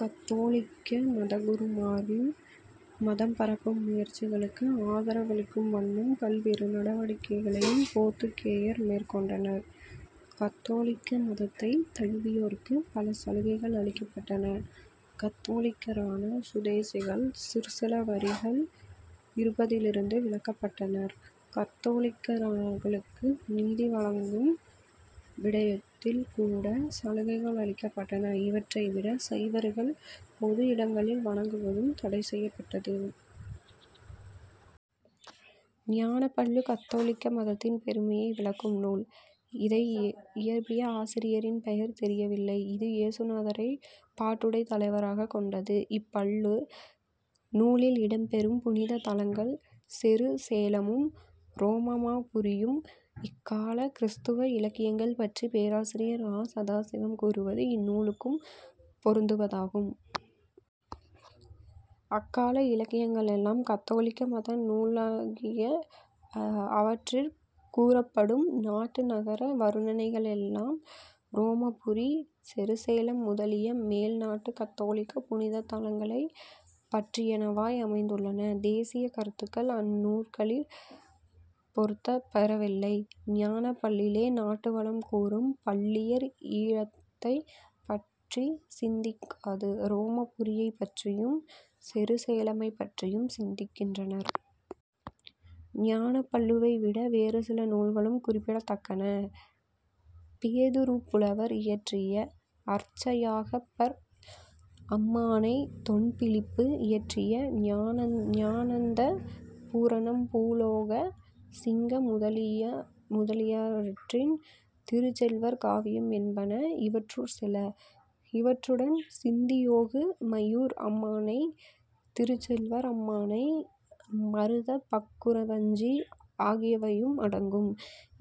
கத்தோலிக்க மதகுருமாரின் மதம்பரப்பும் முயற்சிகளுக்கு ஆதரவளிக்கும் வண்ணம் பல்வேறு நடவடிக்கைகளையும் போத்துக்கேயர் மேற்கொண்டனர். கத்தோலிக்க மதத்தைத் தழுவியோருக்குப் பல சலுகைகள் அளிக்கப்பட்டன. கத்தோலிக்கரான சுதேசிகள் சிற்சில வரிகள் இறுப்பதிலிருந்து விலக்கபட்டனர். கத்தோலிக்கரானோருக்கு நீதி வழங்கும் விடயத்தில் கூட சலுகைகள் அளிக்கப்பட்டன. இவற்றைவிட சைவர்கள் பொது இடங்களில் வணங்குவதும் தடைசெய்யப்பட்டது. ஞானப்பள்ளு கத்தோலிக்க மதத்தின் பெருமையை விளக்கும் நூல். இதை இயற்யிய ஆசிரியரின் பெயர் தெரியவில்லை. இது இயேசுநாதரைப் பாட்டுடைத் தலைவராகக் கொண்டது. இப் பள்ளு நூலில் இடம் பெறும் புனிதத் தலங்கள் செரு சேலமும் உரோமாபுரியுமாகும். இக்காலக் கிறித்தவ இலக்கியங்கள் பற்றி பேராசிரியர் ஆ. சதாசிவம் கூறுவது இந்நூலுக்கும் பொருந்துவதாகும். "அக்கால இலக்கியங்களெல்லாம் கத்தோலிக்க மத நூல்களாகையின் அவற்றிற் கூறப்படும் நாட்டு நகர வருணனைகளெல்லாம் உரோமாபுரி செருசேலம் முதலிய மேல் நாட்டுக் கத்தோலிக்க புனித தலங்களைப் பற்றியனவாய் அமைந்துள்ளன. தேசியக் கருத்துக்கள் அந் நூல்களிற் பொருந்தப்பெறவில்லை. ஞானப்பள்ளிலே நாட்டு வளம் கூறும் பள்ளியர் ஈழத்தைப் பற்றிச் சிந்திக்காது உரோமாபுரியைப் பற்றியும் செருசேலமைப் பற்றியும் சிந்திக்கின்றனர். ஞானப்பள்ளினைவிட வேறு சில நூல்களும் குறிப்பிடத்தக்கன. பேதுருப்புலவர் இயற்றிய அர்ச்யாகப்பர் அம்மானை, தொன்பிலிப்பு இயற்றிய ஞானானந்தபுராணம், பூலோக சிங்க முதலியாரியற்றிய திருச்செல்வர் காவியம் என்பன இவற்றுட் சில. இவற்றுடன் சந்தியோகுமையூர் அம்மானை, திருச்செல்வர் அம்மானை, மருதப்பக்குறவஞ்சி ஆகியவையும் அடங்கும்.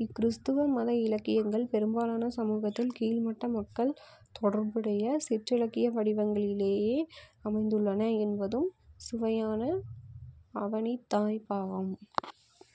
இக் கிறித்தவ மத இலக்கியங்கள் பெரும்பாலன சமூகத்தின் கீழ்மட்ட மக்கள் தொடர்புடைய சிற்றிலக்கிய வடிவங்களிலே அமைந்துள்ளன என்பதும் சுவையான அவதானிப்பாகும்.